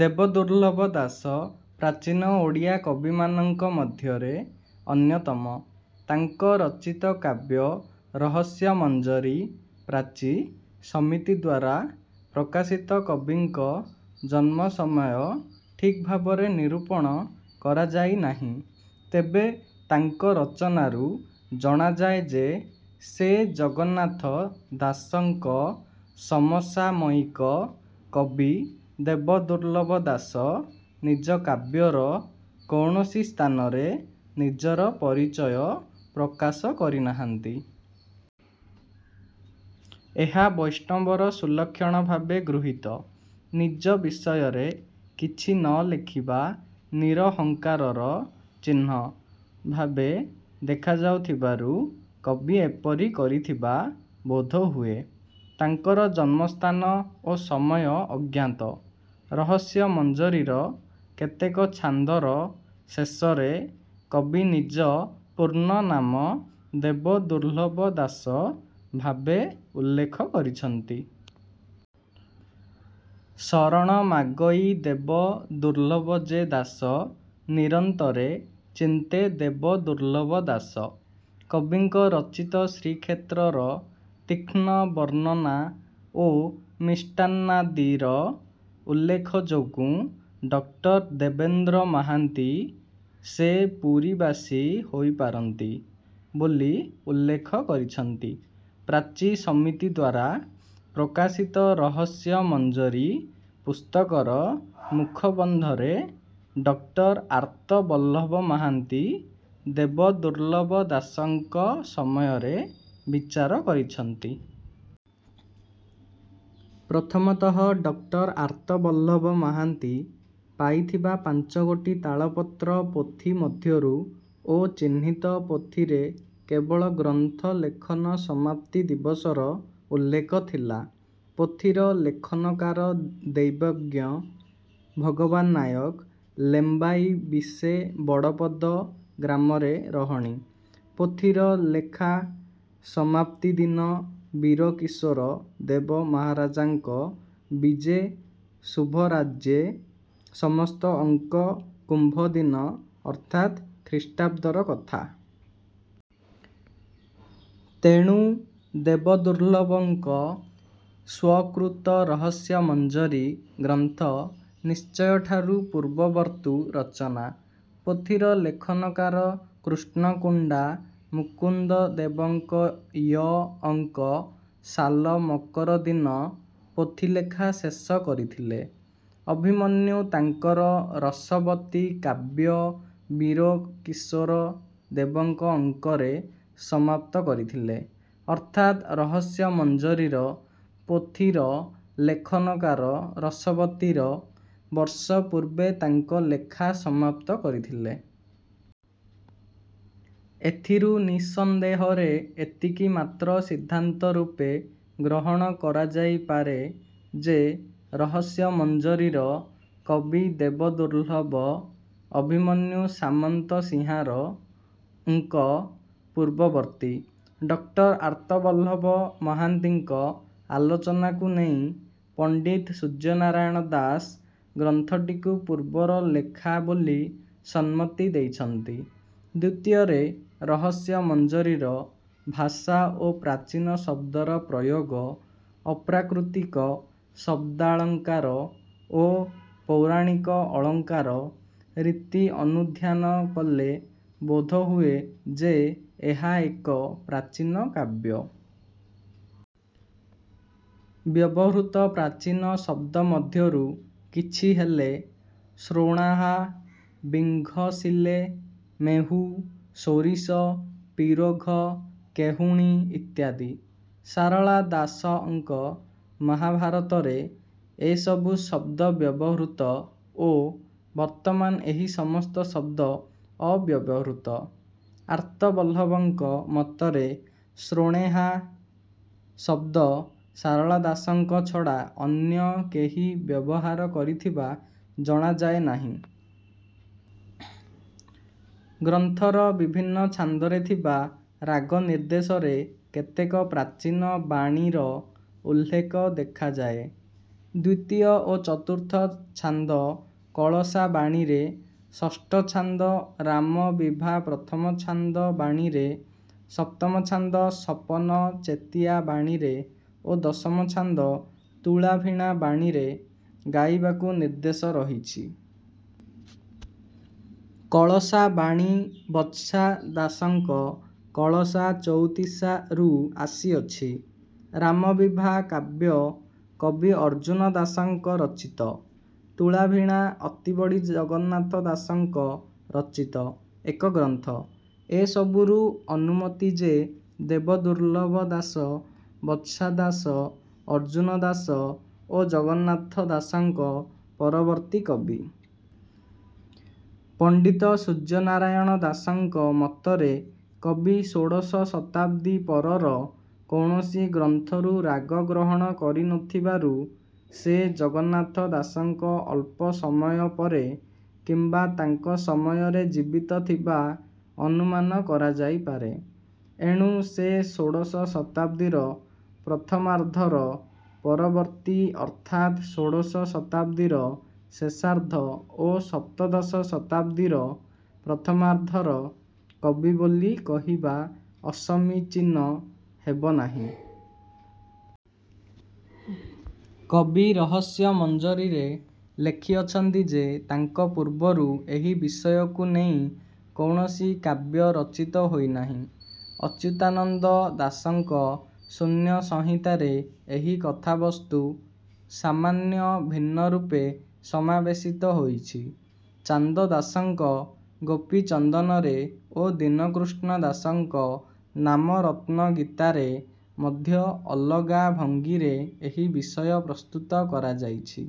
ଦେବଦୁର୍ଲ୍ଲଭ ଦାସ ପ୍ରାଚୀନ ଓଡ଼ିଆ କବିମାନଙ୍କ ମଧ୍ୟରେ ଅନ୍ୟତମ ତାଙ୍କ ରଚିତ କାବ୍ୟ ରହସ୍ୟମଞ୍ଜରୀ ପ୍ରାଚୀ ସମିତିଦ୍ୱାରା ପ୍ରକାଶିତ କବିଙ୍କ ଜନ୍ମ ସମୟ ଠିକ୍ ଭାବରେ ନିରୂପଣ କରଯାଇ ନାହିଁ ତେବେ ତାଙ୍କ ରଚନାରୁ ଜଣାଯାଏ ଯେ ସେ ଜଗନ୍ନାଥ ଦାସ ଙ୍କ ସମସାମୟିକ କବି ଦେବଦୁର୍ଲ୍ଲଭ ଦାସ ନିଜ କାବ୍ୟର କୌଣସି ସ୍ଥାନରେ ନିଜର ପରିଚୟ ପ୍ରକାଶ କରିନାହାନ୍ତି। ଏହା ବୈଷ୍ଣବର ସୁଲକ୍ଷଣ ଭାବେ ଗୃହୀତ। ନିଜ ବିଷୟରେ କିଛି ନ ଲେଖିବା ନିରହଙ୍କାରର ଚିହ୍ନ ଭାବେ ଦେଖାଯାଉଥିବାରୁ କବି ଏପରି କରିଥିବା ବୋଧ ହୁଏ। ତାଙ୍କର ଜନ୍ମସ୍ଥାନ ଓ ସମୟ ଅଜ୍ଞାତ। ରହସ୍ୟମଞ୍ଜରୀର କେତେକ ଛାନ୍ଦର ଶେଷରେ କବି ନିଜ ପୂର୍ଣ୍ଣ ନାମ 'ଦେବଦୁର୍ଲ୍ଲଭ ଦାସ' ଭାବେ ଉଲ୍ଲେଖ କରିଛନ୍ତି। ଶରଣ ମାଗଇ ଦେବ ଦୁର୍ଲ୍ଲଭ ଯେ ଦାସ। ନିରନ୍ତରେ ଚିନ୍ତେ ଦେବଦୁର୍ଲ୍ଲଭ ଦାସ। କବିଙ୍କ ରଚିତ ଶ୍ରୀକ୍ଷେତ୍ରର ତୀକ୍ଷ୍ଣ ବର୍ଣ୍ଣନା ଓ ମିଷ୍ଟାନ୍ନାଦିର ଉଲ୍ଲେଖ ଯୋଗୁଁ ଡକ୍ଟର ଦେବେନ୍ଦ୍ର ମହାନ୍ତି ସେ ପୁରୀବାସୀ ହୋଇପାରନ୍ତି ବୋଲି ଉଲ୍ଲେଖ କରିଛନ୍ତି। ପ୍ରାଚୀ ସମିତିଦ୍ୱାରା ପ୍ରକାଶିତ ରହସ୍ୟମଞ୍ଜରୀ ପୁସ୍ତକର ମୁଖବନ୍ଧରେ ଡକ୍ଟର ଆର୍ତ୍ତବଲ୍ଲଭ ମହାନ୍ତି ଦେବଦୁର୍ଲ୍ଲଭ ଦାସଙ୍କ ସମୟର ବିଚାର କରିଛନ୍ତି। ପ୍ରଥମତଃ ଡକ୍ଟର ଆର୍ତ୍ତବଲ୍ଲଭ ମହାନ୍ତି ପାଇଥିବା ପାଞ୍ଚଗୋଟି ତାଳପତ୍ର ପୋଥି ମଧ୍ୟରୁ ଓ ଚିହ୍ନିତ ପୋଥିରେ କେବଳ ଗ୍ରନ୍ଥ ଲେଖନ ସମାପ୍ତି ଦିବସର ଉଲ୍ଲେଖ ଥିଲା। ପୋଥିର ''ଲେଖନକାର ଦୈବଜ୍ଞ ଭଗବାନ ନାୟକ, ଲେମ୍ବାଇ ବିଶେ ବଡ଼ପଦ ଗ୍ରାମରେ ରହଣି''- ପୋଥିର ଲେଖା ସମାପ୍ତିଦିନ ବୀର କିଶୋର ଦେବ ମହାରାଜାଙ୍କ ବିଜେ ଶୁଭରାଜ୍ୟେ ସମସ୍ତ ଅଙ୍କ କୁମ୍ଭ ଦିନ ଅର୍ଥାତ୍ ଖ୍ରୀଷ୍ଟାବ୍ଦର କଥା। ତେଣୁ ଦେବଦୁର୍ଲ୍ଲଭଙ୍କ ସ୍ୱକୃତ ରହସ୍ୟମଞ୍ଜରୀ ଗ୍ରନ୍ଥ ନିଶ୍ଚୟ ଠାରୁ ପୂର୍ବବର୍ତ୍ତୂ ରଚନା। ପୋଥିର ଲେଖନକାର କୃଷ୍ଣ କୁଣ୍ଡା ମୁକୁନ୍ଦଦେବଙ୍କ ୟ ଅଙ୍କ ସାଲ ମକର ଦିନ ପୋଥିଲେଖା ଶେଷ କରିଥିଲେ। ଅଭିମନ୍ୟୁ ତାଙ୍କର ରସବତୀ କାବ୍ୟ ବୀର କିଶୋର ଦେବଙ୍କ ଅଙ୍କରେ ସମାପ୍ତ କରିଥିଲେ। ଅର୍ଥାତ୍ ରହସ୍ୟମଞ୍ଜରୀର ପୋଥିର ଲେଖନକାର ରସବତୀର ବର୍ଷ ପୂର୍ବେ ତାଙ୍କ ଲେଖା ସମାପ୍ତ କରିଥିଲେ। ଏଥିରୁ ନିଃସନ୍ଦେହରେ ଏତିକି ମାତ୍ର ସିଦ୍ଧାନ୍ତ ରୂପେ ଗ୍ରହଣ କରାଯାଇପାରେ ଯେ ରହସ୍ୟମଞ୍ଜରୀର କବି ଦେବଦୁର୍ଲ୍ଲଭ ଅଭିମନ୍ୟୁ ସାମନ୍ତସିଂହାର ଙ୍କ ପୂର୍ବବର୍ତ୍ତୀ। ଡକ୍ଟର ଆର୍ତ୍ତବଲ୍ଲଭ ମହାନ୍ତିଙ୍କ ଆଲୋଚନାକୁ ନେଇ ପଣ୍ଡିତ ସୂର୍ଯ୍ୟନାରାୟଣ ଦାଶ ଗ୍ରନ୍ଥଟିକୁ ପୂର୍ବର ଲେଖା ବୋଲି ସମ୍ମତି ଦେଇଛନ୍ତି। ଦ୍ୱିତୀୟରେ ରହସ୍ୟମଞ୍ଜରୀର ଭାଷା ଓ ପ୍ରାଚୀନ ଶବ୍ଦର ପ୍ରୟୋଗ, ଅପ୍ରାକୃତିକ ଶବ୍ଦାଳଙ୍କାର ଓ ପୌରାଣିକ ଅଳଙ୍କାର ରୀତି ଅନୁଧ୍ୟାନ କଲେ ବୋଧ ହୁଏ ଯେ ଏହା ଏକ ପ୍ରାଚୀନ କାବ୍ୟ। ବ୍ୟବହୃତ ପ୍ରାଚୀନ ଶବ୍ଦ ମଧ୍ୟରୁ କିଛି ହେଲେ 'ଶ୍ରୋଣାହା', 'ବିଘଂସିଲେ', 'ମେହୁ', 'ସାରିଷ', 'ପିରୋଘ', 'କେହୁଣି' ଇତ୍ୟାଦି। ସାରଳା ଦାସ ଙ୍କ ମହାଭାରତରେ ଏସବୁ ଶବ୍ଦ ବ୍ୟବହୃତ ଓ ବର୍ତ୍ତମାନ ଏହି ସମସ୍ତ ଶବ୍ଦ ଅବ୍ୟବହୃତ। ଆର୍ତ୍ତବଲ୍ଲଭଙ୍କ ମତରେ 'ଶ୍ରୋଣେହା' ଶବ୍ଦ ସାରଳା ଦାସଙ୍କ ଛଡ଼ା ଅନ୍ୟ କେହି ବ୍ୟବହାର କରିଥିବା ଜଣାଯାଏ ନାହିଁ। ଗ୍ରନ୍ଥର ବିଭିନ୍ନ ଛାନ୍ଦରେ ଥିବା ରାଗନିର୍ଦ୍ଦେଶରେ କେତେକ ପ୍ରାଚୀନ 'ବାଣୀ'ର ଉଲ୍ଲେଖ ଦେଖାଯାଏ। ଦ୍ୱିତୀୟ ଓ ଚତୁର୍ଥ ଛାନ୍ଦ କଳସା ବାଣୀରେ, ଷଷ୍ଠ ଛାନ୍ଦ 'ରାମବିଭା ପ୍ରଥମଛାନ୍ଦ ବାଣୀରେ', ସପ୍ତମ ଛାନ୍ଦ ସପନଚେତିଆ ବାଣୀରେ ଓ ଦଶମ ଛାନ୍ଦ ତୁଳାଭିଣା ବାଣୀରେ ଗାଇବାକୁ ନିର୍ଦ୍ଦେଶ ରହିଛି। କଳସା ବାଣୀ ବତ୍ସା ଦାସଙ୍କ କଳସା ଚଉତିଶା ରୁ ଆସିଅଛି। ରାମବିଭା କାବ୍ୟ କବି ଅର୍ଜ୍ଜୁନ ଦାସ ଙ୍କ ରଚିତ। ତୁଳାଭିଣା ଅତିବଡ଼ି ଜଗନ୍ନାଥ ଦାସ ଙ୍କ ରଚିତ ଏକ ଗ୍ରନ୍ଥ। ଏସବୁରୁ ଅନୁମିତ ଯେ ଦେବଦୁର୍ଲ୍ଲଭ ଦାସ ବତ୍ସା ଦାସ, ଅର୍ଜ୍ଜୁନ ଦାସ ଓ ଜଗନ୍ନାଥ ଦାସଙ୍କ ପରବର୍ତ୍ତୀ କବି। ପଣ୍ଡିତ ସୂର୍ଯ୍ୟନାରାୟଣ ଦାଶଙ୍କ ମତରେ କବି ଷୋଡ଼ଶ ଶତାବ୍ଦୀ ପରର କୌଣସି ଗ୍ରନ୍ଥରୁ ରାଗ ଗ୍ରହଣ କରିନଥିବାରୁ ସେ ଜଗନ୍ନାଥ ଦାସଙ୍କ ଅଳ୍ପ ସମୟ ପରେ କିମ୍ବା ତାଙ୍କ ସମୟରେ ଜୀବିତ ଥିବା ଅନୁମାନ କରାଯାଇପାରେ। ଏଣୁ ସେ ଷୋଡ଼ଶ ଶତାବ୍ଦୀର ପ୍ରଥମାର୍ଦ୍ଧର ପରବର୍ତ୍ତୀ ଅର୍ଥାତ୍ ଷୋଡ଼ଶ ଶତାବ୍ଦୀର ଶେଷାର୍ଦ୍ଧ ଓ ସପ୍ତଦଶ ଶତାବ୍ଦୀର ପ୍ରଥମାର୍ଦ୍ଧର କବି ବୋଲି କହିବା ଅସମୀଚୀନ ହେବ ନାହିଁ। କବି ରହସ୍ୟମଞ୍ଜରୀରେ ଲେଖିଅଛନ୍ତି ଯେ ତାଙ୍କ ପୂର୍ବରୁ ଏହି ବିଷୟକୁ ନେଇ କୌଣସି କାବ୍ୟ ରଚିତ ହୋଇନାହିଁ। ଅଚ୍ୟୁତାନନ୍ଦ ଦାସ ଙ୍କ ଶୂନ୍ୟସଂହିତାରେ ଏହି କଥାବସ୍ତୁ ସାମାନ୍ୟ ଭିନ୍ନରୂପେ ସମାବେଶିତ ହୋଇଛି। ଚାନ୍ଦ ଦାସଙ୍କ ଗୋପୀଚନ୍ଦନରେ ଓ ଦୀନକୃଷ୍ଣ ଦାସ ଙ୍କ ନାମରତ୍ନ ଗୀତାରେ ମଧ୍ୟ ଅଲଗା ଭଙ୍ଗୀରେ ଏହି ବିଷୟ ପ୍ରସ୍ତୁତ କରାଯାଇଛି।।